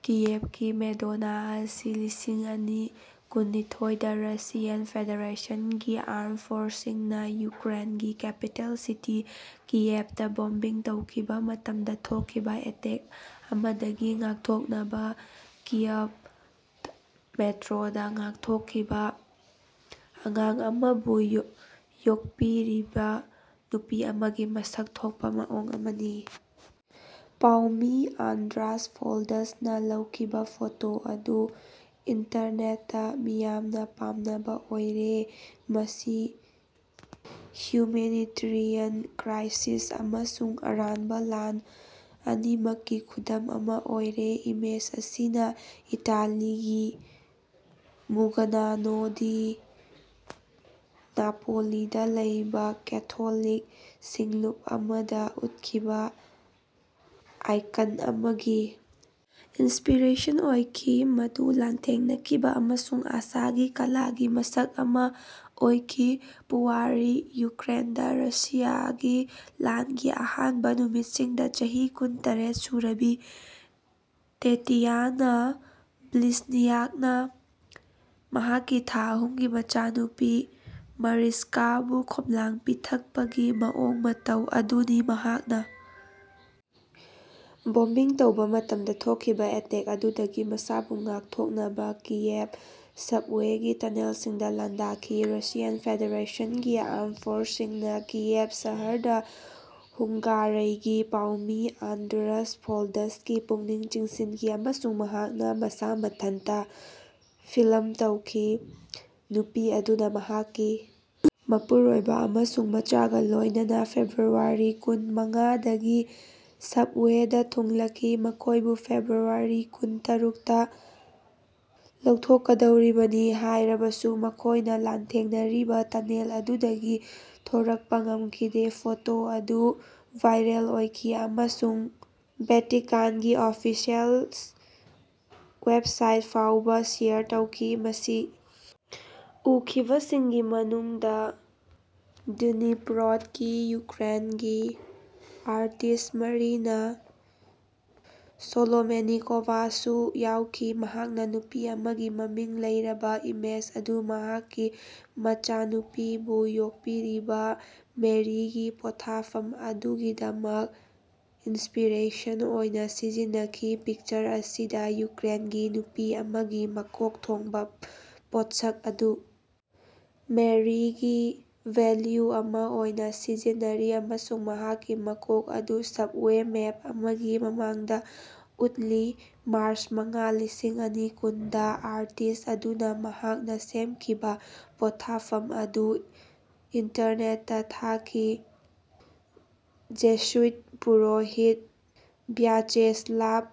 ꯀꯤꯌꯦꯚꯀꯤ Madonna ꯑꯁꯤ ꯂꯤꯁꯤꯡ ꯑꯅꯤ ꯀꯨꯟꯅꯤꯊꯣꯏꯗꯥ ꯔꯁꯤꯌꯥꯟ ꯐꯦꯗꯦꯔꯦꯁꯟꯒꯤ ꯑꯥꯔꯝ ꯐꯣꯔꯁꯁꯤꯡꯅꯥ ꯌꯨꯀ꯭ꯔꯦꯟꯒꯤ ꯀꯦꯄꯤꯇꯦꯜ ꯁꯤꯇꯤ ꯀꯤꯌꯦꯚꯇꯥ ꯕꯣꯝꯕꯤꯡ ꯇꯧꯈꯤꯕꯥ ꯃꯇꯝꯗꯥ ꯊꯣꯛꯈꯤꯕꯥ ꯑꯦꯇꯦꯛ ꯑꯃꯗꯒꯤ ꯉꯥꯛꯊꯣꯛꯅꯕꯥ ꯀꯤꯌꯕ ꯃꯦꯇ꯭ꯔꯣꯗꯥ ꯉꯥꯛꯊꯣꯛꯈꯤꯕꯥ ꯑꯉꯥꯡ ꯑꯃꯕꯨ ꯌꯣꯛꯄꯤꯔꯤꯕꯥ ꯅꯨꯄꯤ ꯑꯃꯒꯤ ꯃꯁꯛ ꯊꯣꯛꯄꯥ ꯃꯑꯣꯡ ꯑꯃꯅꯤ꯫ ꯄꯥꯎꯃꯤ ꯑꯥꯟꯗ꯭ꯔꯥꯁ ꯐꯣꯜꯗꯁꯅꯥ ꯂꯧꯈꯤꯕꯥ ꯐꯣꯇꯣ ꯑꯗꯨ ꯏꯟꯇꯔꯅꯦꯠꯇꯥ ꯃꯤꯌꯥꯝꯅꯥ ꯄꯥꯝꯅꯕꯥ ꯑꯣꯏꯔꯦ꯫ ꯃꯁꯤ ꯍ꯭ꯌꯨꯃꯦꯅꯤꯇꯔꯤꯌꯥꯟ ꯀ꯭ꯔꯥꯏꯁꯤꯁ ꯑꯃꯁꯨꯡ ꯑꯔꯥꯟꯕꯥ ꯂꯥꯟ ꯑꯅꯤꯃꯛꯀꯤ ꯈꯨꯗꯝ ꯑꯃꯥ ꯑꯣꯏꯔꯦ꯫ ꯏꯃꯦꯖ ꯑꯁꯤꯅꯥ ꯏꯇꯥꯂꯤꯒꯤ ꯃꯨꯒꯅꯥꯅꯣ ꯗꯤ ꯅꯥꯄꯣꯂꯤꯗꯥ ꯂꯩꯕꯥ ꯀꯦꯊꯣꯂꯤꯛ ꯁꯤꯡꯂꯨꯞ ꯑꯃꯗꯥ ꯎꯠꯈꯤꯕꯥ ꯑꯥꯏꯀꯟ ꯑꯃꯒꯤ ꯏꯟꯁꯄꯤꯔꯦꯁꯟ ꯑꯣꯏꯈꯤ ꯃꯗꯨ ꯂꯥꯟꯊꯦꯡꯅꯈꯤꯕꯥ ꯑꯃꯁꯨꯡ ꯑꯥꯁꯥꯒꯤ ꯀꯂꯥꯒꯤ ꯃꯁꯛ ꯑꯃꯥ ꯑꯣꯏꯈꯤ꯫ ꯄꯨꯋꯥꯔꯤ ꯌꯨꯀ꯭ꯔꯦꯟꯗꯥ ꯔꯨꯁꯤꯌꯥꯒꯤ ꯂꯥꯟꯒꯤ ꯑꯍꯥꯟꯕꯥ ꯅꯨꯃꯤꯠꯁꯤꯡꯗꯥ ꯆꯍꯤ ꯀꯨꯟ ꯇꯔꯦꯠ ꯁꯨꯔꯕꯤ ꯇꯦꯇꯤꯌꯥꯅꯥ ꯕ꯭ꯂꯤꯖꯅꯤꯌꯥꯛꯅꯥ ꯃꯍꯥꯛꯀꯤ ꯊꯥ ꯑꯍꯨꯝꯒꯤ ꯃꯆꯥꯅꯨꯄꯤ ꯃꯔꯤꯆꯀꯥꯕꯨ ꯈꯣꯝꯂꯥꯡ ꯄꯤꯊꯛꯄꯒꯤ ꯃꯑꯣꯡ ꯃꯇꯧ ꯑꯗꯨꯅꯤ ꯃꯍꯥꯛꯅꯥ ꯕꯣꯝꯕꯤꯡ ꯇꯧꯕꯥ ꯃꯇꯝꯗꯥ ꯊꯣꯛꯈꯤꯕꯥ ꯑꯦꯇꯦꯛ ꯑꯗꯨꯗꯒꯤ ꯃꯁꯥꯕꯨ ꯉꯥꯛꯊꯣꯛꯅꯕꯥ ꯀꯤꯌꯦꯚ ꯁꯕꯋꯦꯒꯤ ꯇꯅꯦꯜꯁꯤꯡꯗꯥ ꯂꯥꯟꯗꯥꯈꯤ꯫ ꯔꯁꯤꯌꯥꯟ ꯐꯦꯗꯦꯔꯦꯁꯟꯒꯤ ꯑꯥꯔꯝ ꯐꯣꯔꯁꯁꯤꯡꯅꯥ ꯀꯤꯌꯦꯚ ꯁꯍꯔꯗꯥ ꯍꯨꯉ꯭ꯒꯥꯔꯩꯒꯤ ꯄꯥꯎꯃꯤ ꯑꯥꯟꯗ꯭ꯔꯥꯁ ꯐꯣꯜꯗꯁꯀꯤ ꯄꯨꯛꯅꯤꯡ ꯆꯤꯡꯁꯤꯟꯈꯤ ꯑꯃꯁꯨꯡ ꯃꯍꯥꯛꯅꯥ ꯃꯁꯥ ꯃꯊꯟꯇꯥ ꯐꯤꯂꯝ ꯇꯧꯈꯤ꯫ ꯅꯨꯄꯤ ꯑꯗꯨꯅꯥ ꯃꯍꯥꯛꯀꯤ ꯃꯄꯨꯔꯣꯏꯕꯥ ꯑꯃꯁꯨꯡ ꯃꯆꯥꯒꯥ ꯂꯣꯏꯅꯅꯥ ꯐꯦꯕ꯭ꯔꯨꯋꯥꯔꯤ ꯀꯨꯟ ꯃꯉꯥꯗꯒꯤ ꯁꯕꯋꯦꯗꯥ ꯊꯨꯡꯂꯈꯤ ꯃꯈꯣꯏꯕꯨ ꯐꯦꯕ꯭ꯔꯨꯋꯥꯔꯤ ꯀꯨꯟ ꯇꯔꯨꯛꯇꯥ ꯂꯧꯊꯣꯛꯗꯧꯔꯤꯕꯅꯤ ꯍꯥꯏꯔꯕꯁꯨ ꯃꯈꯣꯏꯅꯥ ꯂꯥꯟꯊꯦꯡꯅꯔꯤꯕꯥ ꯇꯅꯦꯜ ꯑꯗꯨꯗꯒꯤ ꯊꯣꯔꯛꯄꯥ ꯉꯝꯈꯤꯗꯦ꯫ ꯐꯣꯇꯣ ꯑꯗꯨ ꯚꯥꯏꯔꯜ ꯑꯣꯏꯈꯤ ꯑꯃꯁꯨꯡ ꯚ꯭ꯌꯥꯇꯤꯀꯥꯟꯒꯤ ꯑꯣꯐꯤꯁꯤꯑꯦꯜ ꯋꯦꯕꯁꯥꯏꯠ ꯐꯥꯎꯕꯥ ꯁꯦꯌꯔ ꯇꯧꯈꯤ꯫ ꯃꯁꯤ ꯎꯈꯤꯕꯁꯤꯡꯒꯤ ꯃꯅꯨꯡꯗꯥ ꯗ꯭ꯅꯤꯄꯔꯣꯗꯒꯤ ꯌꯨꯀ꯭ꯔꯦꯟꯒꯤ ꯑꯥꯔꯇꯤꯁ꯭ꯠ ꯃꯔꯤꯅꯥ ꯁꯣꯂꯣꯃꯦꯅꯤꯀꯣꯚꯥꯁꯨ ꯌꯥꯎꯈꯤ꯫ ꯃꯍꯥꯛꯅꯥ ꯅꯨꯄꯤ ꯑꯃꯒꯤ ꯃꯃꯤꯡ ꯂꯩꯔꯕꯥ ꯏꯃꯦꯖ ꯑꯗꯨ ꯃꯍꯥꯛꯀꯤ ꯃꯆꯥꯅꯨꯄꯤꯕꯨ ꯌꯣꯛꯄꯤꯔꯤꯕꯥ ꯃꯦꯔꯤꯒꯤ ꯄꯣꯠꯊꯥꯐꯝ ꯑꯗꯨꯒꯤꯗꯃꯛ ꯏꯟꯁꯄꯤꯔꯦꯁꯟ ꯑꯣꯏꯅꯥ ꯁꯤꯖꯤꯟꯅꯈꯤ꯫ ꯄꯤꯛꯆꯔ ꯑꯁꯤꯗꯥ ꯌꯨꯀ꯭ꯔꯦꯟꯒꯤ ꯅꯨꯄꯤ ꯑꯃꯒꯤ ꯃꯀꯣꯛ ꯊꯣꯡꯕꯥ ꯄꯣꯠꯁꯛ ꯑꯗꯨ ꯃꯦꯔꯤꯒꯤ ꯚꯦꯂ꯭ꯌꯨ ꯑꯃꯥ ꯑꯣꯏꯅꯥ ꯁꯤꯖꯤꯟꯅꯔꯤ ꯑꯃꯁꯨꯡ ꯃꯍꯥꯛꯀꯤ ꯃꯀꯣꯛ ꯑꯗꯨ ꯁꯕꯋꯦ ꯃꯦꯞ ꯑꯃꯒꯤ ꯃꯃꯥꯡꯗꯥ ꯎꯠꯂꯤ꯫ ꯃꯥꯔꯆ ꯃꯉꯥ ꯂꯤꯁꯤꯡ ꯑꯅꯤ ꯀꯨꯟꯗꯥ ꯑꯥꯔꯇꯤꯁ꯭ꯠ ꯑꯗꯨꯅꯥ ꯃꯍꯥꯛꯅꯥ ꯁꯦꯝꯈꯤꯕꯥ ꯄꯣꯠꯊꯥꯐꯝ ꯑꯗꯨ ꯏꯟꯇꯔꯅꯦꯠꯇꯥ ꯊꯥꯈꯤ꯫ ꯖꯦꯁꯨꯏꯠ ꯄꯨꯔꯣꯍꯤꯠ ꯚ꯭ꯌꯥꯆꯦꯁ꯭ꯂꯥꯚ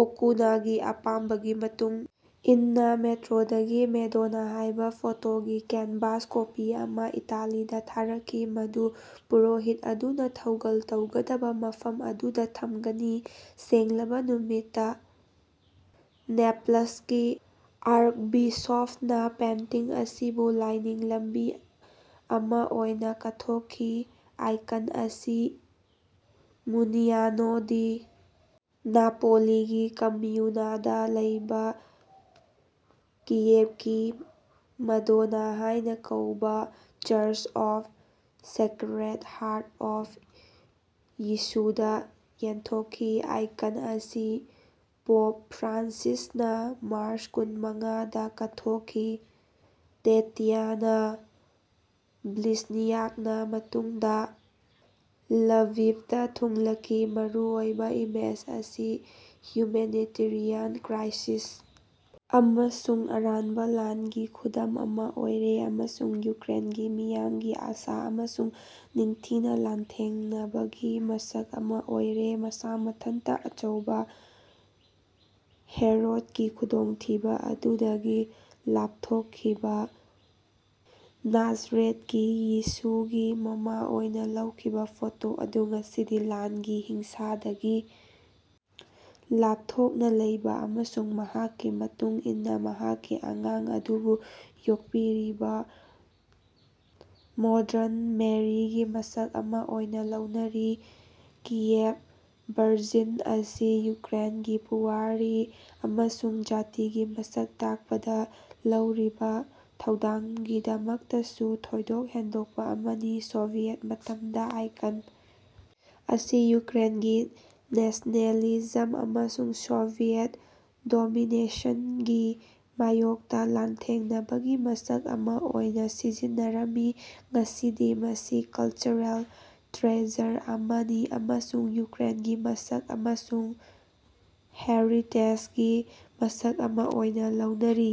ꯑꯣꯀꯨꯅꯒꯤ ꯑꯄꯥꯝꯕꯒꯤ ꯃꯇꯨꯡ ꯏꯟꯅꯥ ꯃꯦꯇ꯭ꯔꯣꯗꯒꯤ ꯃꯦꯗꯣꯅꯥ ꯍꯥꯏꯕꯥ ꯐꯣꯇꯣꯒꯤ ꯀꯦꯟꯚꯥꯁ ꯀꯣꯄꯤ ꯑꯃꯥ ꯏꯇꯥꯂꯤꯗꯥ ꯊꯥꯔꯛꯈꯤ ꯃꯗꯨ ꯄꯨꯔꯣꯍꯤꯠ ꯑꯗꯨꯅꯥ ꯊꯧꯒꯜ ꯇꯧꯒꯗꯕꯥ ꯃꯐꯝ ꯑꯗꯨꯗꯥ ꯊꯝꯒꯅꯤ꯫ ꯁꯦꯡꯂꯕꯥ ꯅꯨꯃꯤꯠꯇꯥ ꯅꯦꯄꯂꯁꯀꯤ ꯑꯥꯔ꯭ꯛꯕꯤꯁꯣꯞꯅꯥ ꯄꯦꯟꯇꯤꯡ ꯑꯁꯤꯕꯨ ꯂꯥꯏꯅꯤꯡ ꯂꯝꯕꯤ ꯑꯃꯥ ꯑꯣꯏꯅꯥ ꯀꯠꯊꯣꯛꯈꯤ꯫ ꯑꯥꯏꯀꯟ ꯑꯁꯤ ꯃꯨꯅꯤꯌꯥꯅꯣ ꯗꯤ ꯅꯥꯄꯣꯂꯤꯒꯤ ꯀꯝꯃ꯭ꯌꯨꯅꯗꯥ ꯂꯩꯕꯥ ꯀꯤꯌꯦꯚꯀꯤ ꯃꯗꯣꯅꯥ ꯍꯥꯏꯅꯥ ꯀꯧꯕꯥ church of sacred heart of ꯌꯤꯁꯨꯗꯥ ꯌꯦꯟꯊꯣꯛꯈꯤ꯫ ꯑꯥꯏꯀꯟ ꯑꯁꯤ ꯄꯣꯞ ꯐ꯭ꯔꯥꯟꯁꯤꯁꯅꯥ ꯃꯥꯔꯆ ꯀꯨꯟ ꯃꯉꯥ ꯗꯥ ꯀꯠꯊꯣꯛꯈꯤ꯫ ꯇꯦꯇꯌꯥꯅꯥ ꯕ꯭ꯂꯤꯖꯅꯤꯌꯥꯛꯅꯥ ꯃꯇꯨꯡꯗꯥ ꯂꯚꯤꯚꯗꯥ ꯊꯨꯡꯂꯈꯤ꯫ ꯃꯔꯨꯑꯣꯏꯕ ꯏꯃꯦꯖ ꯑꯁꯤ ꯍ꯭ꯌꯨꯃꯦꯅꯤꯇꯔꯤꯌꯥꯟ ꯀ꯭ꯔꯥꯏꯁꯤꯁ ꯑꯃꯁꯨꯡ ꯑꯔꯥꯟꯕꯥ ꯂꯥꯟꯒꯤ ꯈꯨꯗꯝ ꯑꯃꯥ ꯑꯣꯏꯔꯦ ꯑꯃꯁꯨꯡ ꯌꯨꯀ꯭ꯔꯦꯟꯒꯤ ꯃꯤꯌꯥꯝꯒꯤ ꯑꯥꯁꯥ ꯑꯃꯁꯨꯡ ꯅꯤꯡꯊꯤꯅꯥ ꯂꯥꯟꯊꯦꯡꯅꯕꯒꯤ ꯃꯁꯛ ꯑꯃꯥ ꯑꯣꯏꯔꯦ꯫ ꯃꯁꯥ ꯃꯊꯟꯇꯥ ꯑꯆꯧꯕꯥ ꯍꯦꯔꯣꯗꯀꯤ ꯈꯨꯗꯣꯡꯊꯤꯕꯥ ꯑꯗꯨꯗꯒꯤ ꯂꯥꯞꯊꯣꯛꯈꯤꯕꯥ ꯅꯥꯖꯔꯦꯠꯀꯤ ꯌꯤꯁꯨꯒꯤ ꯃꯃꯥ ꯑꯣꯏꯅꯥ ꯂꯧꯈꯤꯕꯥ ꯐꯣꯇꯣ ꯑꯗꯨ ꯉꯁꯤꯗꯤ ꯂꯥꯟꯒꯤ ꯍꯤꯡꯁꯥꯗꯒꯤ ꯂꯥꯞꯊꯣꯛꯅꯥ ꯂꯩꯕꯥ ꯑꯃꯁꯨꯡ ꯃꯍꯥꯛꯀꯤ ꯃꯇꯨꯡ ꯏꯟꯅꯥ ꯃꯍꯥꯛꯀꯤ ꯑꯉꯥꯡ ꯑꯗꯨꯕꯨ ꯌꯣꯛꯄꯤꯔꯤꯕꯥ ꯃꯣꯗꯔꯟ ꯃꯦꯔꯤꯒꯤ ꯃꯁꯛ ꯑꯃꯥ ꯑꯣꯏꯅꯥ ꯂꯧꯅꯔꯤ꯫ ꯀꯤꯌꯦꯚ ꯚꯔꯖꯤꯟ ꯑꯁꯤ ꯌꯨꯀ꯭ꯔꯦꯟꯒꯤ ꯄꯨꯋꯥꯔꯤ ꯑꯃꯁꯨꯡ ꯖꯥꯇꯤꯒꯤ ꯃꯁꯛ ꯇꯥꯛꯄꯗꯥ ꯂꯧꯔꯤꯕꯥ ꯊꯧꯗꯥꯡꯒꯤꯗꯃꯛꯇꯁꯨ ꯊꯣꯏꯗꯣꯛ ꯍꯦꯟꯗꯣꯛꯄꯥ ꯑꯃꯅꯤ꯫ ꯁꯣꯚꯤꯌꯦꯠ ꯃꯇꯝꯗꯥ ꯑꯥꯏꯀꯟ ꯑꯁꯤ ꯌꯨꯀ꯭ꯔꯦꯟꯒꯤ ꯅꯦꯁꯅꯦꯂꯤꯖꯝ ꯑꯃꯁꯨꯡ ꯁꯣꯚꯤꯌꯦꯠ ꯗꯣꯃꯤꯅꯦꯁꯟꯒꯤ ꯃꯥꯌꯣꯛꯇꯥ ꯂꯥꯟꯊꯦꯡꯅꯕꯒꯤ ꯃꯁꯛ ꯑꯃꯥ ꯑꯣꯏꯅꯥ ꯁꯤꯖꯤꯟꯅꯔꯝꯃꯤ꯫ ꯉꯁꯤꯗꯤ ꯃꯁꯤ ꯀꯂꯆꯔꯦꯜ ꯇ꯭ꯔꯦꯖꯔ ꯑꯃꯅꯤ ꯑꯃꯁꯨꯡ ꯌꯨꯀ꯭ꯔꯦꯟꯒꯤ ꯃꯁꯛ ꯑꯃꯁꯨꯡ ꯍꯦꯔꯤꯇꯦꯖꯒꯤ ꯃꯁꯛ ꯑꯃꯥ ꯑꯣꯏꯅꯥ ꯂꯧꯅꯔꯤ꯫